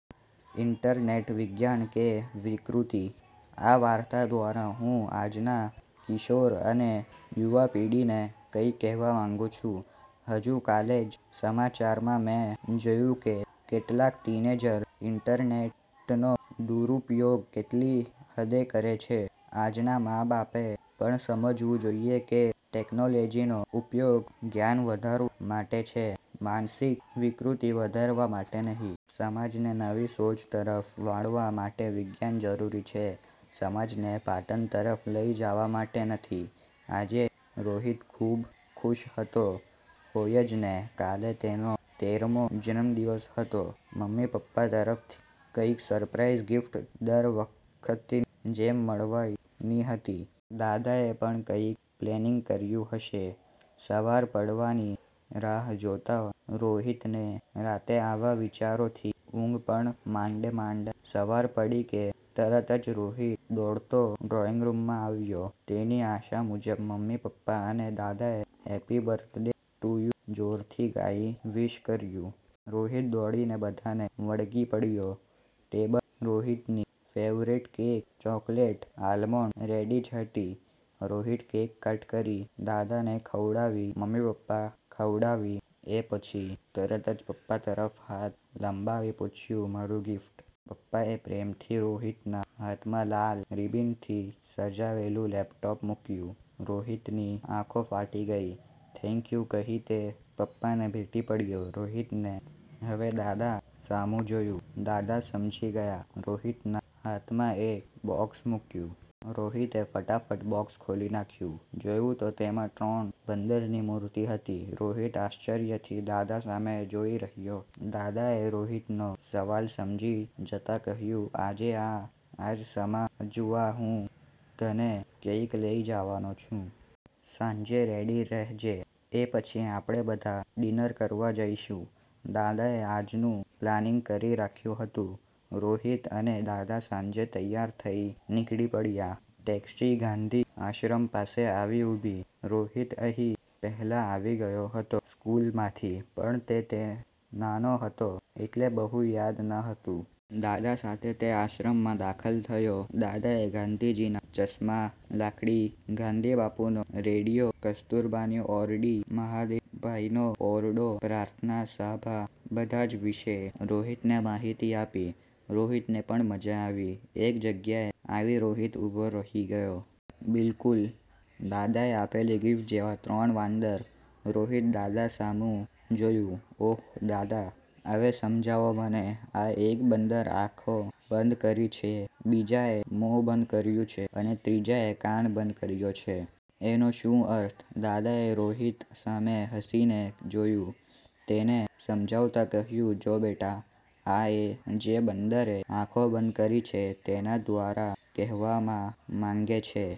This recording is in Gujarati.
ઈન્ટરનેટ વિજ્ઞાન કે વિકૃતિ?: આ વાર્તા દ્વારા હું આજના કિશોર અને યુવાપેઢીને કંઈક કહેવા માંગુ છું. હજુ કાલે જ સમાચારમાં મેં જોયું કે કેટલાક ટીનેજર્સ ઈન્ટરનેટનો દુરુપયોગ કેટલી હદે કરે છે. આજના મા-બાપએ પણ સમજવું જોઈએ કે ટેક્નોલોજીનો ઉપયોગ જ્ઞાન વધારવા માટે છે, માનસિક વિકૃતિ વધારવા માટે નહિ. સમાજને નવી સોચ તરફ વાળવા માટે વિજ્ઞાન જરૂરી છે, સમાજને પાતન તરફ લઈ જવા માટે નથી. આજે રોહિત ખૂબ ખુશ હતો. હોય જ ને, કાલે તેનો તેરમો જન્મદિવસ હતો. મમ્મી-પપ્પા તરફથી કંઈક સરપ્રાઈઝ ગિફ્ટ દર વખતની જેમ મળવાની હતી. દાદાએ પણ કંઈક પ્લાનિંગ કર્યું હશે. સવાર પડવાની રાહ જોતા રોહિતને રાતે વિચારોથી ઊંઘ પણ માંડ-માંડ આવી. સવાર પડી કે તરત જ રોહિત દોડતો ડ્રોઈંગરૂમમાં આવ્યો. તેની આશા મુજબ મમ્મી-પપ્પા અને દાદાએ હેપી બર્થડે ટુ યુ જોરથી ગાઈ વિશ કર્યું. રોહિત દોડીને બધાને વળગી પડ્યો. ટેબલ પર રોહિતની favourite cake chocolate almond ready જ હતી. રોહિતે કેક કટ કરી, દાદાને ખવડાવી, મમ્મી-પપ્પાને ખવડાવી. એ પછી તરત જ પપ્પા તરફ હાથ લંબાવી પૂછ્યું, "મારી ગિફ્ટ?" પપ્પાએ પ્રેમથી રોહિતના હાથમાં લાલ રિબનથી સજાવેલું લેપટોપ મૂક્યું. રોહિતની આંખો ફાટી ગઈ. થેન્ક યુ કહી તે પપ્પાને ભેટી પડ્યો. રોહિતે હવે દાદા સામુ જોયું, દાદા સમજી ગયા. રોહિતના હાથમાં એક બોક્સ મૂક્યું. રોહિતે ફટાફટ બોક્સ ખોલી નાખ્યું, જોયું તો તેમાં ત્રણ બંદરની મૂર્તિ હતી. રોહિત આશ્ચર્યથી દાદા સામે જોઈ રહ્યો. દાદાએ રોહિતનો સવાલ સમજી જતાં કહ્યું, "આજે આ જ સમજાવવા હું તને ક્યાંક લઈ જવાનો છું. સાંજે રેડી રહેજે. એ પછી આપણે બધા ડિનર કરવા જઈશું." દાદાએ આજનું પ્લાનિંગ કરી રાખ્યું હતું. રોહિત અને દાદા સાંજે તૈયાર થઈ નીકળી પડ્યા. ટેક્ષી ગાંધીઆશ્રમ પાસે આવી ઊભી. રોહિત અહીં પહેલા આવી ગયો હતો સ્કુલમાંથી, પણ તે નાનો હતો એટલે બહુ યાદ નહોતું. દાદા સાથે તે આશ્રમમાં દાખલ થયો. દાદાએ ગાંધીજીના ચશ્મા, લાકડી, ગાંધીબાપુનો રેડીયો, કસ્તુરબાની ઓરડી, મહાદેવભાઈનો ઓરડો, પ્રાર્થના સભા બધા જ વિશે રોહિતને માહિતી આપી. રોહિતને પણ મજા આવી. એક જગ્યાએ આવી રોહિત ઊભો રહી ગયો. બિલકુલ, દાદાએ આપેલ ગિફ્ટ જેવા ત્રણ વાંદરા! રોહિતે દાદા સામું જોયું. "ઓહ દાદા! હવે સમજાવો મને, આ એક બંદરે આંખો બંધ કરી છે, બીજાએ મોં બંધ કર્યું છે, અને ત્રીજાએ કાન બંધ કર્યા છે. એનો શું અર્થ?" દાદાએ રોહિત સામે હસી ને જોયું. તેને સમજાવતા કહ્યું, "જો બેટા, આ જે બંદરે આંખો બંધ કરી છે, તેના દ્વારા કહેવામા માંગે છે